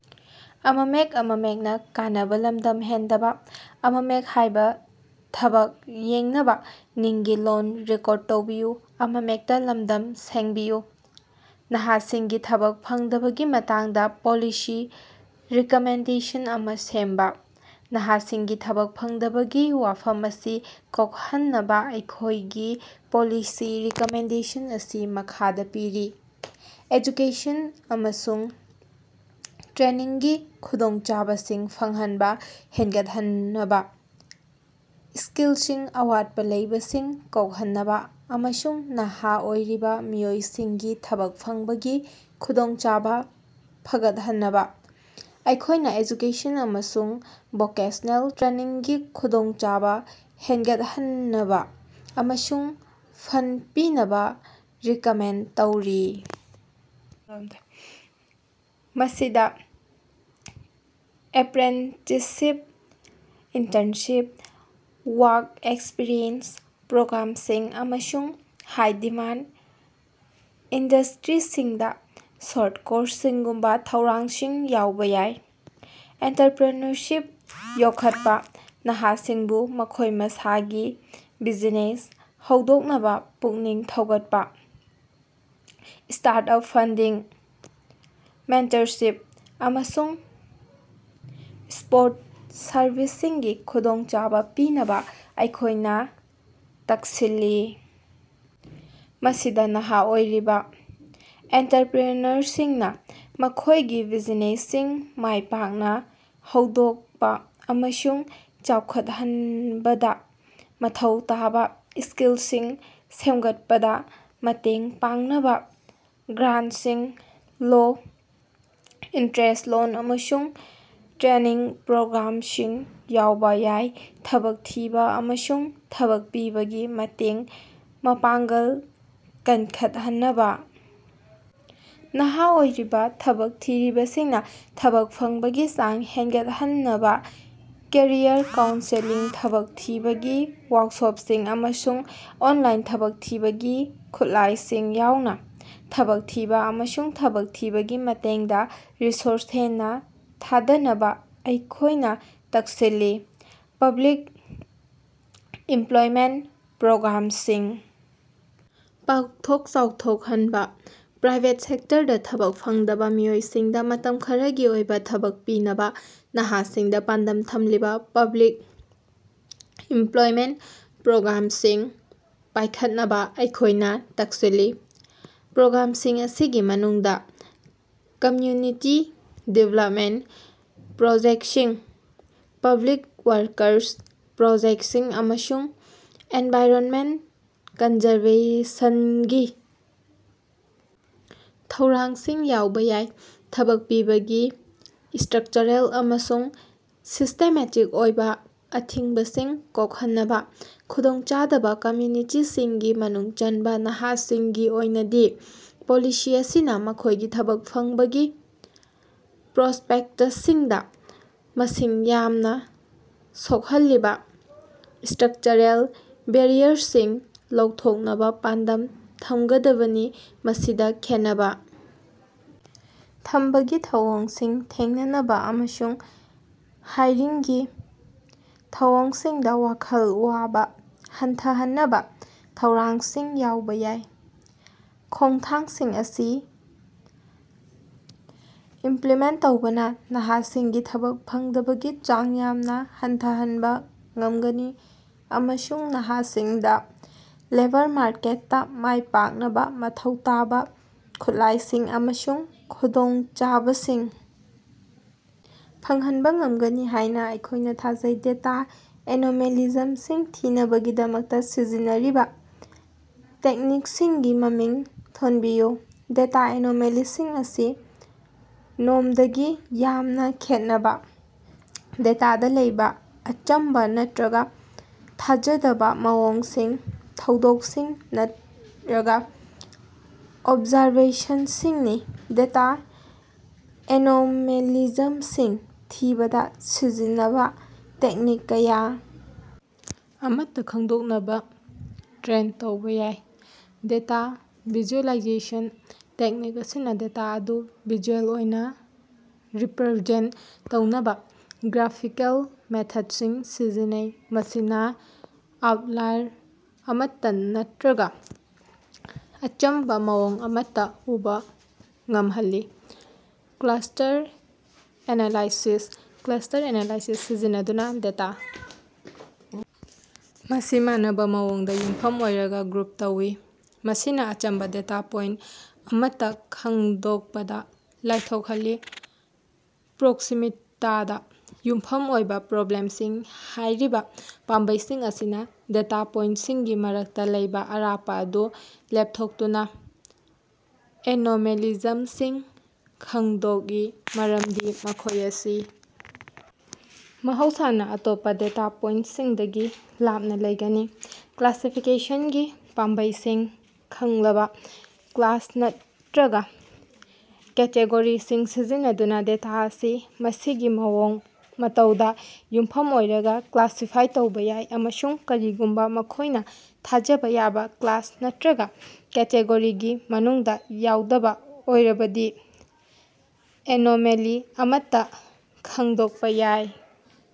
ꯅꯍꯥꯁꯤꯡꯒꯤ ꯊꯕꯛ ꯐꯪꯗꯕꯒꯤ ꯃꯇꯥꯡꯗꯥ ꯄꯣꯂꯤꯁꯤ ꯔꯤꯀꯃꯦꯟꯗꯦꯁꯟ ꯑꯃꯥ ꯁꯦꯝꯕꯥ꯫ ꯅꯍꯥꯁꯤꯡꯒꯤ ꯊꯕꯛ ꯐꯪꯗꯕꯒꯤ ꯋꯥꯐꯝ ꯑꯁꯤ ꯀꯣꯀꯍꯟꯅꯕꯥ ꯑꯩꯈꯣꯌꯒꯤ ꯄꯣꯂꯤꯁꯤꯒꯤ ꯔꯤꯀꯃꯦꯟꯗꯦꯁꯟ ꯑꯁꯤ ꯃꯈꯥꯗꯥ ꯄꯤꯔꯤ: ꯑꯦꯖꯨꯀꯦꯁꯟ ꯑꯃꯁꯨꯡ ꯇ꯭ꯔꯦꯅꯤꯡꯒꯤ ꯈꯨꯗꯣꯡꯆꯥꯕꯁꯤꯡ ꯐꯪꯍꯅꯕꯥ ꯍꯦꯅꯒꯠꯍꯟꯅꯕꯥ: ꯁ꯭ꯀꯤꯂꯒꯤ ꯑꯋꯥꯠꯄꯥ ꯂꯩꯕꯁꯤꯡ ꯀꯣꯀꯍꯟꯅꯕꯥ ꯑꯃꯁꯨꯡ ꯅꯍꯥ ꯑꯣꯏꯔꯤꯕꯥ ꯃꯤꯑꯣꯏꯁꯤꯡꯒꯤ ꯊꯕꯛ ꯐꯪꯕꯒꯤ ꯈꯨꯗꯣꯡꯆꯥꯕꯥ ꯐꯒꯠꯍꯟꯅꯕꯥ, ꯑꯩꯈꯣꯌꯅꯥ ꯑꯦꯖꯨꯀꯦꯁꯟ ꯑꯃꯁꯨꯡ ꯚꯣꯀꯦꯁ꯭ꯅꯦꯜ ꯇ꯭ꯔꯦꯅꯤꯡꯒꯤ ꯈꯨꯗꯣꯡꯆꯥꯕꯥ ꯍꯦꯅꯒꯠꯍꯟꯅꯕꯥ ꯑꯃꯁꯨꯡ ꯐꯟꯗ ꯄꯤꯅꯕꯥ ꯔꯤꯀꯃꯦꯟꯗ ꯇꯧꯔꯤ꯫. ꯃꯁꯤꯗꯥ ꯑꯦꯞꯔꯦꯟꯇꯤꯁꯁꯤꯞ, ꯏꯟꯇꯔꯅꯁꯤꯞ, ꯋꯥꯔꯛ ꯑꯦꯛꯁꯄꯤꯔꯤꯑꯦꯟꯁ ꯄ꯭ꯔꯣꯒ꯭ꯔꯥꯃꯁꯤꯡ, ꯑꯃꯁꯨꯡ ꯍꯥꯏ-ꯗꯤꯃꯥꯟꯗ ꯏꯟꯗꯁ꯭ꯠꯔꯤꯁꯤꯡꯗꯥ ꯁꯣꯔꯠ ꯀꯣꯔꯁꯁꯤꯡꯒꯨꯝꯕꯥ ꯊꯧꯔꯥꯡꯁꯤꯡ ꯌꯥꯑꯣꯕꯥ ꯌꯥꯏ꯫ ꯑꯣꯟꯠꯔꯞꯔꯤꯅꯔꯁꯤꯞ ꯌꯣꯀꯈꯠꯄꯥ: ꯅꯍꯥꯁꯤꯡꯕꯨ ꯃꯈꯣꯌ ꯃꯁꯥꯒꯤ ꯕꯤꯖꯤꯅꯦꯁ ꯍꯧꯗꯣꯛꯅꯕꯥ ꯄꯨꯛꯅꯤꯡ ꯊꯧꯒꯠꯅꯕꯥ, ꯁ꯭ꯇꯥꯔꯠ-ꯑꯞ ꯐꯟꯗꯤꯡ, ꯃꯦꯟꯇꯔꯁꯤꯞ, ꯑꯃꯁꯨꯡ ꯁꯄꯣꯔꯠ ꯁꯔꯕꯤꯁꯁꯤꯡꯒꯤ ꯈꯨꯗꯣꯡꯆꯥꯕꯥ ꯄꯤꯅꯕꯥ ꯑꯩꯈꯣꯌꯅꯥ ꯇꯀꯁꯤꯜꯂꯤ꯫ ꯃꯁꯤꯗꯥ ꯅꯍꯥ ꯑꯣꯏꯔꯤꯕꯥ ꯑꯣꯟꯠꯔꯞꯔꯤꯅꯔꯁꯤꯡꯅꯥ ꯃꯈꯣꯌꯒꯤ ꯕꯤꯖꯤꯅꯦꯁꯁꯤꯡ ꯃꯥꯌ ꯄꯥꯛꯅꯥ ꯍꯧꯗꯣꯀꯄꯥ ꯑꯃꯁꯨꯡ ꯆꯥꯎꯈꯠꯍꯅꯕꯗꯥ ꯃꯊꯧ ꯇꯥꯕꯥ ꯁ꯭ꯀꯤꯂꯁꯤꯡ ꯁꯦꯃꯒꯠꯄꯗꯥ ꯃꯇꯦꯡ ꯄꯥꯡꯅꯕꯥ ꯒ꯭ꯔꯥꯟꯇꯁꯤꯡ, ꯂꯣ-ꯏꯟꯇꯔꯦꯁ꯭ꯠ ꯂꯣꯟ, ꯑꯃꯁꯨꯡ ꯇ꯭ꯔꯦꯅꯤꯡ ꯄ꯭ꯔꯣꯒ꯭ꯔꯥꯃꯁꯤꯡ ꯌꯥꯑꯣꯕꯥ ꯌꯥꯏ꯫ ꯊꯕꯛ ꯊꯤꯕꯥ ꯑꯃꯁꯨꯡ ꯊꯕꯛ ꯄꯤꯕꯒꯤ ꯃꯇꯦꯡ ꯃꯄꯥꯉ꯭ꯒꯜ ꯀꯅꯈꯠꯍꯅꯕꯥ: ꯅꯍꯥ ꯑꯣꯏꯔꯤꯕꯥ ꯊꯕꯛ ꯊꯤꯔꯤꯕꯁꯤꯡꯅꯥ ꯊꯕꯛ ꯐꯪꯕꯒꯤ ꯆꯥꯡ ꯍꯦꯅꯒꯠꯍꯟꯅꯕꯥ, ꯀꯦꯔꯤꯌꯔ ꯀꯥꯎꯟꯁꯦꯂꯤꯡ, ꯊꯕꯛ ꯊꯤꯕꯒꯤ ꯋꯥꯔꯀꯁꯣꯄꯁꯤꯡ, ꯑꯃꯁꯨꯡ ꯑꯣꯅꯂꯥꯏꯟ ꯊꯕꯛ ꯊꯤꯕꯒꯤ ꯈꯨꯠꯂꯥꯌꯁꯤꯡ ꯌꯥꯑꯣꯅꯥ ꯊꯕꯛ ꯊꯤꯕꯥ ꯑꯃꯁꯨꯡ ꯊꯕꯛ ꯊꯤꯕꯒꯤ ꯃꯇꯦꯡꯗꯥ ꯔꯤꯁꯣꯔꯁ ꯍꯦꯟꯅꯥ ꯊꯥꯗꯅꯕꯥ ꯑꯩꯈꯣꯌꯅꯥ ꯇꯀꯁꯤꯜꯂꯤ꯫ ꯄꯕ꯭ꯂꯤꯛ ꯏꯃꯞꯂꯣꯏꯃꯦꯟꯇ ꯄ꯭ꯔꯣꯒ꯭ꯔꯥꯃꯁꯤꯡ ꯄꯥꯀꯊꯣꯛ ꯆꯥꯎꯊꯣꯀꯍꯅꯕꯥ: ꯄ꯭ꯔꯥꯏꯕꯦꯠ ꯁꯦꯛꯇꯔꯗꯥ ꯊꯕꯛ ꯐꯪꯗꯕꯥ ꯃꯤꯑꯣꯏꯁꯤꯡꯗꯥ ꯃꯇꯝ ꯈꯔꯒꯤ ꯑꯣꯏꯕꯥ ꯊꯕꯛ ꯄꯤꯅꯕꯥ ꯅꯍꯥꯁꯤꯡꯗꯥ ꯄꯥꯟꯗꯝ ꯊꯝꯂꯤꯕꯥ ꯄꯕ꯭ꯂꯤꯛ ꯏꯃꯞꯂꯣꯏꯃꯦꯟꯇ ꯄ꯭ꯔꯣꯒ꯭ꯔꯥꯃꯁꯤꯡ ꯄꯥꯌꯈꯠꯅꯕꯥ ꯑꯩꯈꯣꯌꯅꯥ ꯇꯀꯁꯤꯜꯂꯤ꯫ ꯄ꯭ꯔꯣꯒ꯭ꯔꯥꯃꯁꯤꯡ ꯑꯁꯤꯒꯤ ꯃꯅꯨꯡꯗꯥ ꯀꯝꯌꯨꯅꯤꯇꯤ ꯗꯤꯚꯦꯂꯄꯃꯦꯟꯇ ꯄ꯭ꯔꯣꯖꯦꯛꯇꯁꯤꯡ, ꯄꯕ꯭ꯂꯤꯛ ꯋꯔꯀꯁ ꯄ꯭ꯔꯣꯖꯦꯛꯇꯁꯤꯡ, ꯑꯃꯁꯨꯡ ꯑꯦꯅꯚꯥꯏꯔꯅꯃꯦꯟꯇ ꯀꯟꯖꯥꯔꯕꯦꯁꯅꯒꯤ ꯊꯧꯔꯥꯡꯁꯤꯡ ꯌꯥꯎꯕꯥ ꯌꯥꯏ꯫ ꯊꯕꯛ ꯄꯤꯕꯒꯤ ꯁ꯭ꯠꯔꯀꯆꯔꯦꯜ ꯑꯃꯁꯨꯡ ꯁꯤꯁ꯭ꯇꯦꯃꯦꯇꯤꯛ ꯑꯣꯏꯕꯥ ꯑꯊꯤꯡꯕꯁꯤꯡ ꯀꯣꯀꯍꯟꯅꯕꯥ ꯈꯨꯗꯣꯡꯆꯥꯗꯕꯥ ꯀꯝꯌꯨꯅꯤꯇꯤꯁꯤꯡꯒꯤ ꯃꯅꯨꯡ ꯆꯅꯕꯥ ꯅꯍꯥꯁꯤꯡꯒꯤ ꯑꯣꯏꯅꯗꯤ, ꯄꯣꯂꯤꯁꯤ ꯑꯁꯤꯅꯥ ꯃꯈꯣꯌꯒꯤ ꯊꯕꯛ ꯐꯪꯕꯒꯤ ꯄ꯭ꯔꯣꯁ꯭ꯄꯦꯛꯇꯁꯤꯡꯗꯥ ꯃꯁꯤꯡ ꯌꯥꯃꯅꯥ ꯁꯣꯀꯍꯜꯂꯤꯕꯥ ꯁ꯭ꯠꯔꯀꯆꯔꯦꯜ ꯕꯦꯔꯤꯌꯔꯁꯤꯡ ꯂꯧꯊꯣꯛꯅꯕꯥ ꯄꯥꯟꯗꯝ ꯊꯃꯒꯗꯕꯅꯤ꯫ ꯃꯁꯤꯗꯥ ꯈꯦꯟꯅꯕꯥ ꯊꯝꯕꯒꯤ ꯊꯧꯑꯣꯡꯁꯤꯡ ꯊꯦꯡꯅꯅꯕꯥ ꯑꯃꯁꯨꯡ ꯍꯥꯏꯔꯤꯡꯒꯤ ꯊꯧꯑꯣꯡꯁꯤꯡꯗꯥ ꯋꯥꯈꯜ ꯋꯥꯕꯥ ꯍꯟꯊꯍꯟꯅꯕꯥ ꯊꯧꯔꯥꯡꯁꯤꯡ ꯌꯥꯑꯣꯕꯥ ꯌꯥꯏ꯫ ꯈꯣꯡꯊꯥꯡꯁꯤꯡ ꯑꯁꯤ ꯏꯃꯞꯂꯤꯃꯦꯟꯇ ꯇꯧꯕꯅꯥ ꯅꯍꯥꯁꯤꯡꯒꯤ ꯊꯕꯛ ꯐꯪꯗꯕꯒꯤ ꯆꯥꯡ ꯌꯥꯝꯅꯥ ꯍꯟꯊꯍꯅꯕꯥ ꯉꯃꯒꯅꯤ ꯑꯃꯁꯨꯡ ꯅꯍꯥꯁꯤꯡꯗꯥ ꯂꯦꯕꯔ ꯃꯥꯔꯀꯦꯠꯇꯥ ꯃꯥꯏꯄꯥꯛꯅꯕꯥ ꯃꯊꯧ ꯇꯥꯕꯥ ꯈꯨꯠꯂꯥꯌꯁꯤꯡ ꯑꯃꯁꯨꯡ ꯈꯨꯗꯣꯡꯆꯥꯕꯁꯤꯡ ꯐꯪꯍꯅꯕꯥ ꯉꯃꯒꯅꯤ ꯍꯥꯌꯅꯥ ꯑꯩꯈꯣꯌꯅꯥ ꯊꯥꯖꯩ꯫ ꯗꯦꯇꯥ ꯑꯦꯅꯣꯃꯦꯂꯤꯖꯃꯁꯤꯡ ꯊꯤꯅꯕꯒꯤꯗꯃꯛ ꯁꯤꯖꯤꯟꯅꯔꯤꯕꯥ ꯇꯦꯛꯅꯤꯀꯁꯤꯡꯒꯤ ꯃꯃꯤꯡ ꯊꯣꯅꯕꯤꯌꯨ꯫ ꯗꯦꯇꯥ ꯑꯦꯅꯣꯃꯦꯂꯤꯁꯤꯡ ꯑꯁꯤ ꯅꯣꯔꯃꯗꯒꯤ ꯌꯥꯝꯅꯥ ꯈꯦꯠꯅꯕꯥ ꯗꯦꯇꯥꯗꯥ ꯂꯩꯕꯥ ꯑꯆꯝꯕꯥ ꯅꯠꯠꯔꯒꯥ ꯊꯥꯖꯗꯕꯥ ꯃꯑꯣꯡꯁꯤꯡ, ꯊꯧꯗꯣꯀꯁꯤꯡ ꯅꯠꯠꯔꯒꯥ ꯑꯣꯕꯖꯥꯔꯕꯦꯁꯅꯁꯤꯡꯅꯤ꯫ ꯗꯦꯇꯥ ꯑꯦꯅꯣꯃꯦꯂꯤꯖꯃꯁꯤꯡ ꯊꯤꯕꯗꯥ ꯁꯤꯖꯤꯟꯅꯕꯥ ꯇꯦꯛꯅꯤꯛ ꯀꯌꯥ ꯑꯃꯠꯇꯥ ꯈꯉꯗꯣꯛꯅꯕꯥ ꯇ꯭ꯔꯦꯟ ꯇꯧꯕꯥ ꯌꯥꯏ꯫ ꯗꯦꯇꯥ ꯚꯤꯖꯨꯑꯦꯂꯥꯏꯖꯦꯁꯟ: ꯇꯦꯛꯅꯤꯛ ꯑꯁꯤꯅꯥ ꯗꯦꯇꯥ ꯑꯗꯨ ꯚꯤꯖꯨꯑꯦꯜ ꯑꯣꯏꯅꯥ ꯔꯤꯞꯔꯖꯦꯟꯇ ꯇꯧꯅꯕꯥ ꯒ꯭ꯔꯥꯐꯤꯀꯦꯜ ꯃꯦꯊꯗꯁꯤꯡ ꯁꯤꯖꯤꯟꯅꯩ, ꯃꯁꯤꯅꯥ ꯑꯥꯎꯠꯂꯥꯏꯔ ꯑꯃꯠꯇꯥ ꯅꯠꯠꯔꯒꯥ ꯑꯆꯝꯕꯥ ꯃꯑꯣꯡ ꯑꯃꯠꯇꯥ ꯎꯕꯥ ꯉꯃꯍꯜꯂꯤ꯫ ꯀ꯭ꯂꯁ꯭ꯇꯔ ꯑꯦꯅꯥꯂꯥꯏꯁꯤꯁ: ꯀ꯭ꯂꯁ꯭ꯇꯔ ꯑꯦꯅꯥꯂꯥꯏꯁꯤꯁ ꯁꯤꯖꯤꯟꯅꯗꯨꯅꯥ ꯗꯦꯇꯥ ꯑꯁꯤ ꯃꯥꯟꯅꯕꯥ ꯃꯑꯣꯡꯗꯥ ꯌꯨꯝꯐꯝ ꯑꯣꯏꯔꯒꯥ ꯒ꯭ꯔꯨꯞ ꯇꯧꯏ, ꯃꯁꯤꯅꯥ ꯑꯆꯝꯕꯥ ꯗꯦꯇꯥ ꯄꯣꯏꯟꯇ ꯑꯃꯠꯇꯥ ꯈꯉꯗꯣꯀꯄꯗꯥ ꯂꯥꯏꯊꯣꯀꯍꯜꯂꯤ꯫ ꯄ꯭ꯔꯣꯛꯁꯤꯃꯤꯇꯤꯗꯥ ꯌꯨꯝꯐꯝ ꯑꯣꯏꯕꯥ ꯄꯥꯝꯕꯩꯁꯤꯡ: ꯍꯥꯌꯔꯤꯕꯥ ꯄꯥꯝꯕꯩꯁꯤꯡ ꯑꯁꯤꯅꯥ ꯗꯦꯇꯥ ꯄꯣꯏꯟꯇꯁꯤꯡꯒꯤ ꯃꯔꯛꯇꯥ ꯂꯩꯕꯥ ꯑꯔꯥꯞꯄꯥ ꯑꯗꯨ ꯂꯦꯄꯊꯣꯛꯇꯨꯅꯥ ꯑꯦꯅꯣꯃꯦꯂꯤꯖꯃꯁꯤꯡ ꯈꯉꯗꯣꯀꯏ, ꯃꯔꯃꯗꯤ ꯃꯈꯣꯌ ꯑꯁꯤ ꯃꯍꯧꯁꯥꯅꯥ ꯑꯇꯣꯞꯄꯥ ꯗꯦꯇꯥ ꯄꯣꯏꯟꯇꯁꯤꯡꯗꯒꯤ ꯂꯥꯞꯅꯥ ꯂꯩꯒꯅꯤ꯫ ꯀ꯭ꯂꯥꯁꯤꯐꯤꯀꯦꯁꯅꯒꯤ ꯄꯥꯝꯕꯩꯁꯤꯡ: ꯈꯉꯂꯕꯥ ꯀ꯭ꯂꯥꯁ ꯅꯠꯔꯒꯥ ꯀꯦꯇꯦꯒꯣꯔꯤꯁꯤꯡ ꯁꯤꯖꯤꯟꯅꯗꯨꯅꯥ ꯗꯦꯇꯥ ꯑꯁꯤ ꯃꯁꯤꯒꯤ ꯃꯑꯣꯡ ꯃꯇꯧꯗꯥ ꯌꯨꯝꯐꯝ ꯑꯣꯏꯔꯒꯥ ꯀ꯭ꯂꯥꯁꯤꯐꯥꯏ ꯇꯧꯕꯥ ꯌꯥꯏ, ꯑꯃꯁꯨꯡ ꯀꯔꯤꯒꯨꯝꯕꯥ ꯃꯈꯣꯌꯅꯥ ꯊꯥꯖꯕꯥ ꯌꯥꯕꯥ ꯀ꯭ꯂꯥꯁ ꯅꯠꯔꯒꯥ ꯀꯦꯇꯦꯒꯣꯔꯤꯒꯤ ꯃꯅꯨꯡꯗꯥ ꯌꯥꯑꯣꯗꯕꯥ ꯑꯣꯏꯔꯕꯗꯤ ꯑꯦꯅꯣꯃꯦꯂꯤ ꯑꯃꯠꯇꯥ ꯈꯉꯗꯣꯀꯄꯥ ꯌꯥꯏ꯫